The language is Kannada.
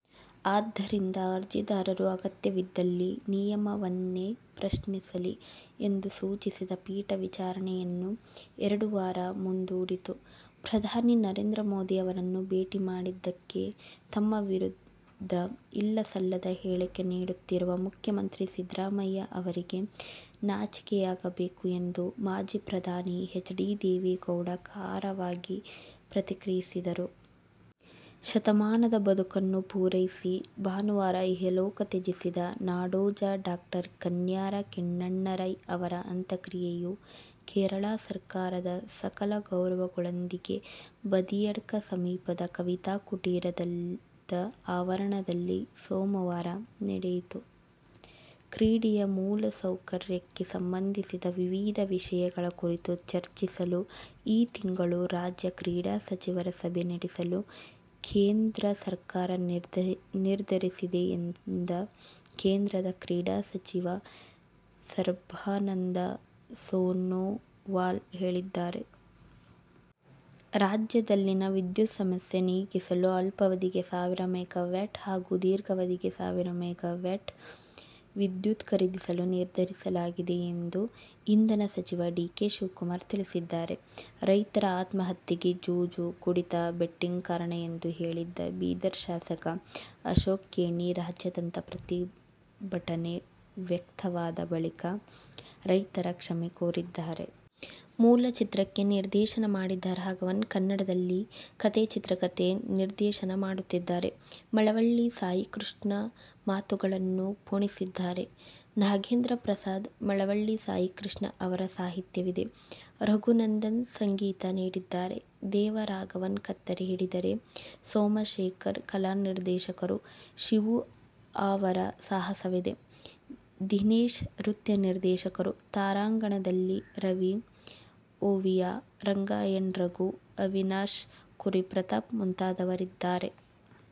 ಆದ್ದರಿಂದ ಅರ್ಜಿದಾರರು ಅಗತ್ಯವಿದ್ದಲ್ಲಿ ನಿಯಮವನ್ನೇ ಪ್ರಶ್ನಿಸಲಿ ಎಂದು ಸೂಚಿಸಿದ ಪೀಠ ವಿಚಾರಣೆಯನ್ನು ಎರಡು ವಾರ ಮುಂದೂಡಿತು. ಪ್ರಧಾನಿ ನರೇಂದ್ರ ಮೋದಿ ಅವರನ್ನು ಭೇಟಿ ಮಾಡಿದ್ದಕ್ಕೆ ತಮ್ಮ ವಿರುದ್ಧ ಇಲ್ಲಸಲ್ಲದ ಹೇಳಿಕೆ ನೀಡುತ್ತಿರುವ ಮುಖ್ಯಮಂತ್ರಿ ಸಿದ್ದರಾಮಯ್ಯ ಅವರಿಗೆ ನಾಚಿಕೆಯಾಗಬೇಕು ಎಂದು ಮಾಜಿ ಪ್ರಧಾನಿ ಎಚ್. ಡಿ. ದೇವೇಗೌಡ ಖಾರವಾಗಿ ಪ್ರತಿಕ್ರಿಯಿಸಿದರು. ಶತಮಾನದ ಬದುಕನ್ನು ಪೂರೈಸಿ ಭಾನುವಾರ ಇಹಲೋಕ ತ್ಯಜಿಸಿದ ನಾಡೋಜ ಡಾ ಕಯ್ನಾರ ಕಿಞ್ಞಣ್ಣ ರೈ ಅವರ ಅಂತ್ಯಕ್ರಿಯೆಯು ಕೇರಳ ಸರ್ಕಾರದ ಸಕಲ ಗೌರವಗಳೊಂದಿಗೆ ಬದಿಯಡ್ಕ ಸಮೀಪದ ಕವಿತಾ ಕುಟೀರದ ಆವರಣದಲ್ಲಿ ಸೋಮವಾರ ನಡೆಯಿತು. ಕ್ರೀಡೆಯ ಮೂಲ ಸೌಕರ್ಯಕ್ಕೆ ಸಂಬಂಧಿಸಿ ವಿವಿಧ ವಿಷಯಗಳ ಕುರಿತು ಚರ್ಚಿಸಲು ಈ ತಿಂಗಳು ರಾಜ್ಯ ಕ್ರೀಡಾ ಸಚಿವರ ಸಭೆ ನಡೆಸಲು ಕೇಂದ್ರ ಸರಕಾರ ನಿರ್ಧರಿಸಿದೆ ಎಂದ ಕೇಂದ್ರದ ಕ್ರೀಡಾ ಸಚಿವ ಸರ್ಬಾನಂದ ಸೊನೋವಾಲ್ ಹೇಳಿದ್ದಾರೆ. ರಾಜ್ಯದಲ್ಲಿನ ವಿದ್ಯುತ್ ಸಮಸ್ಯೆ ನೀಗಿಸಲು ಅಲ್ಪಾವಧಿಗೆ ಸಾವಿರ ಮೆಗಾವ್ಯಾಟ್ ಹಾಗೂ ದೀರ್ಘಾವಧಿಗೆ ಸಾವಿರ ಮೆಗಾವ್ಯಾಟ್ ವಿದ್ಯುತ್ ಖರೀದಿಸಲು ನಿರ್ಧರಿಸಲಾಗಿದೆ ಎಂದು ಇಂಧನ ಸಚಿವ ಡಿ. ಕೆ. ಶಿವಕುಮಾರ್ ತಿಳಿಸಿದ್ದಾರೆ. ರೈತರ ಆತ್ಮಹತ್ಯೆಗೆ ಜೂಜು, ಕುಡಿತ, ಬೆಟ್ಟಿಂಗ್ ಕಾರಣ ಎಂದು ಹೇಳಿದ್ದ ಬೀದರ ಶಾಸಕ ಅಶೋಕ ಖೇಣಿ ರಾಜ್ಯಾದ್ಯಂತ ಪ್ರತಿಭಟನೆ ವ್ಯಕ್ತವಾದ ಬಳಿಕ ರೈತರ ಕ್ಷಮೆ ಕೋರಿದ್ದಾರೆ. ಮೂಲ ಚಿತ್ರಕ್ಕೆ ನಿರ್ದೇಶನ ಮಾಡಿದ್ದ ರಾಘವನ್, ಕನ್ನಡದಲ್ಲಿ ಕಥೆ-ಚಿತ್ರಕತೆ-ನಿರ್ದೇಶನ ಮಾಡುತ್ತಿದ್ದಾರೆ. ಮಳವಳ್ಳಿ ಸಾಯಿಕೃಷ್ಣ ಮಾತುಗಳನ್ನು ಪೋಣಿಸಿದ್ದಾರೆ. ನಾಗೇಂದ್ರಪ್ರಸಾದ್, ಮಳವಳ್ಳಿ ಸಾಯಿಕೃಷ್ಣ ಅವರ ಸಾಹಿತ್ಯವಿದೆ. ರಘುನಂದನ್ ಸಂಗೀತ ನೀಡಿದ್ದಾರೆ. ದೇವ ರಾಘವನ್ ಕತ್ತರಿ ಹಿಡಿದರೆ, ಸೋಮಶೇಖರ್ ಕಲಾನಿರ್ದೇಶಕರು. ಶಿವು ಆವರ ಸಾಹಸವಿದೆ. ದಿನೇಶ್ ನೃತ್ಯ ನಿರ್ದೇಶಕರು. ತಾರಾಗಣದಲ್ಲಿ – ರವಿ, ಓವಿಯಾ, ರಂಗಾಯಣ ರಘು, ಅವಿನಾಶ್, ಕುರಿ ಪ್ರತಾಪ್, ಮುಂತಾದವರಿದ್ದಾರೆ.